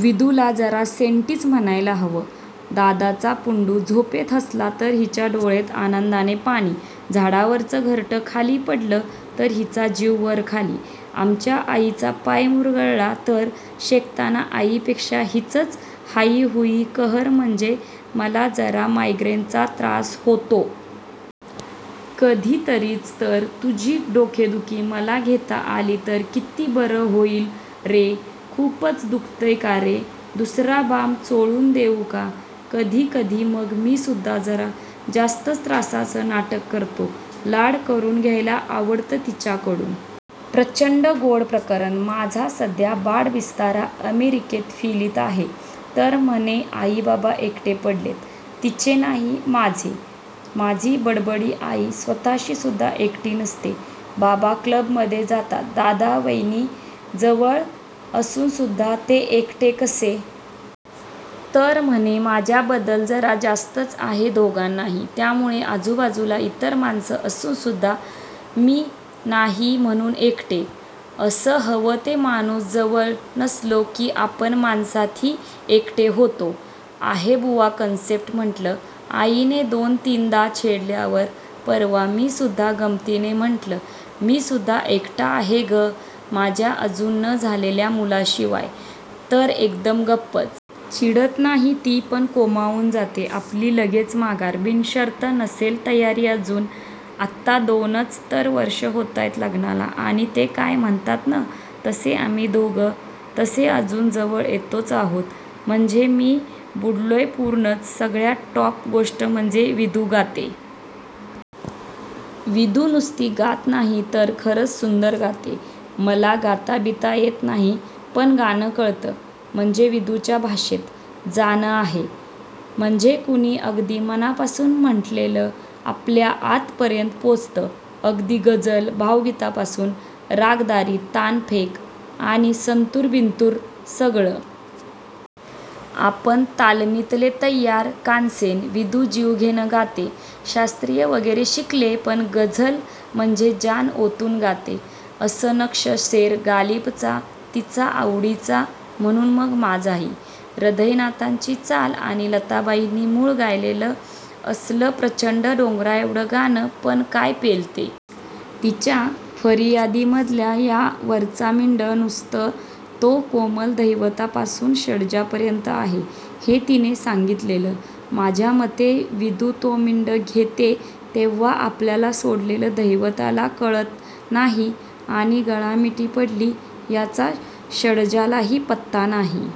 विदूला जरा सेंटीच म्हणायला हवं. दादाचा पुंडू झोपेत हसला तर हिच्या डोळ्यात आनन्दाने पाणी, झाडावरचं घरटं खाली पडलं तर हीचा जीव वर खाली, आमच्या आईचा पाय मुरगळला तर, शेकताना आईपेक्षा हिचंच हाई-हुई. कहर म्हणजे, मला जरा मायग्रेन चा त्रास होतो. कधीतरीच तर, तुझी डोकेदुखी मला घेता आली तर किती बरं होईल, रे, खूपच दुखतय कारे? दुसरा बाम चोळून देऊ का? कधी-कधी मग मीसुद्धा जरा जास्तच त्रासाचं नाटक करतो, लाड करून घ्यायला आवडतं तिच्याकडून. प्रच्चंड गोड प्रकरण. माझा सध्या बाड-बिस्तरा अमेरिकेत फिलीत आहे. तर म्हणे आई-बाबा एकटे पडलेत! तिचे नाही, माझे! माझी बडबडी आई स्वत:शी सुद्धा एकटी नसते. बाबा क्लबमध्ये जातात. दादा, वैनी जवळ असुनसुद्धा ते एकटे कसे? तर म्हणे माझ्याबद्दल जरा जास्तं आहे दोघांनाही. त्यामुळे आजूबाजूला इतर माणसं असूनसुद्धा 'मी' नाही म्हणून 'एकटे'. असं हवं ते माणूस जवळ नसलो की आपण माणसातही एकटे होतो. आहे बुवा कन्सेप्ट, म्हटलं! आईने दोन-तिनदा छेडल्यावर, परवा मी सुद्धा गमतीने म्हटलं 'मी सुद्धा एकटा आहे गं माझ्या अजून न झालेल्या मुलांशिवाय' तर एकदम गप्पच. चिडत नाही ती, पण कोमाऊन जाते. आपली लगेच माघार, बिनशर्त! नसेल तयारी अजून. आत्ता दोनच तर वर्षं होतायत लग्नाला आणि ते काय म्हणतात न,. तसे आम्ही दोघं तसे अजून जवळ येतोच आहोत. म्हणजे मी बुडलोय पूर्णच, सगळ्यात टॉप गोष्ट म्हणजे विदू "गाते"! विदू नुसती गात नाही, तर खरच सुंदर गाते. मला गाता-बिता येत नाही. पण गाणं कळतं. म्हणजे विदूच्या भाषेत, "जाण आहे". म्हणजे कुणी अगदी मनापासून म्हटलेलं आपल्या आतपर्यंत पोचतं. अगदी गझल, भावगीतापासून, रागदारी तानफेक आणि संतूर-बिंतूर, सगळं. आपण तालमितले तय्यार "कानसेन"! विदू जीवघेणं गाते. शास्त्रीय वगैरे शिकलीये पण गझल म्हणजे, जान ओतून गाते. हा नक्षं शेर गालिबचा तिचा आवडीचा म्हणून मग माझाही. हृदयनाथांची चाल आणि लताबाईंनी मूळ गायलेलं असलं प्रचंड डोंगराएवढं गाणं पण काय पेलते! तिच्या फरियादी मधल्या या वरचा मिंड, नुसतं. 'तो कोमल धैवतापासून षड्जापर्यंत आहे' हे तिने सांगितलेलं. माझ्यामते, विदू तो मिंड घेते तेव्हा, आपल्याला सोडलेलं धैवताला कळत नाही आणि गळा मिठी पडली याचा षड्जालाही पत्ता नाही.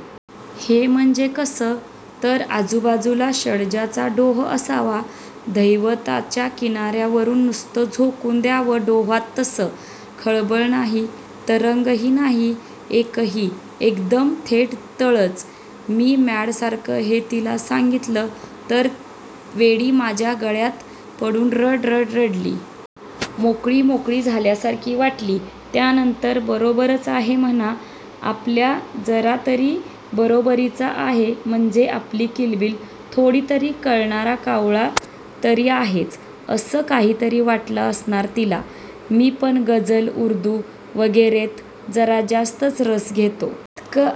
हे म्हणजे कसं? तर, आजूबाजूला षडजाचा डोह असावा, धैवताच्या किनार्यावरून नुसतं झोकून द्यावं डोहात तसं. खळबळ नाही, तरंगही नाही, एकही! एकदम थेट तळंच. मी मॅडसारखं हे तिला सांगितलं तर वेडी माझ्या गळ्यात पडून रड-रड रडली. मोकळी मोकळी झाल्यासारखी वाटली त्यानंतर. बरोबरच आहे म्हणा, आपल्या जरातरी बरोबरीचा आहे, म्हणजे आपली किलबिल थोडीतरी कळणारा कावळा तरी आहेच, असं काहीतरी वाटलं असणार तिला. मी पण गझल, उर्दू वगैरेत जरा जास्तं रस घेतो. इतकं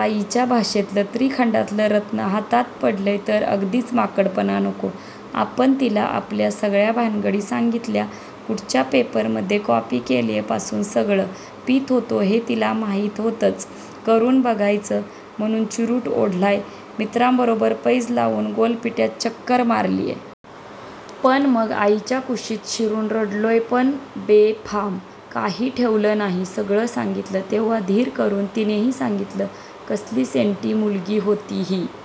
आईच्या भाषेतलं त्रिखंडातलं रत्नं हातात पडलय तर अगदीच माकडपणा नको. आपण तिला आपल्या सगळ्या भानगडी सांगितल्या.... कुठच्या पेपर मध्ये कॉपी केलीये पासून सगळं. पीत होतो हे तिला माहीत होतंच, करून बघायचं म्हणून चिरूट ओढलाय, मित्रांबरोबर पैज लावून गोलपिठ्यात चक्कर मारलीये.. पण मग आईच्या कुशीत शिरून रडलोय पण बेफाम.... काही ठेवलं नाही सगळं सांगितलं. तेव्हा धीर करून तिनेही सांगितल. कसली सेंटी मुलगी होती ही--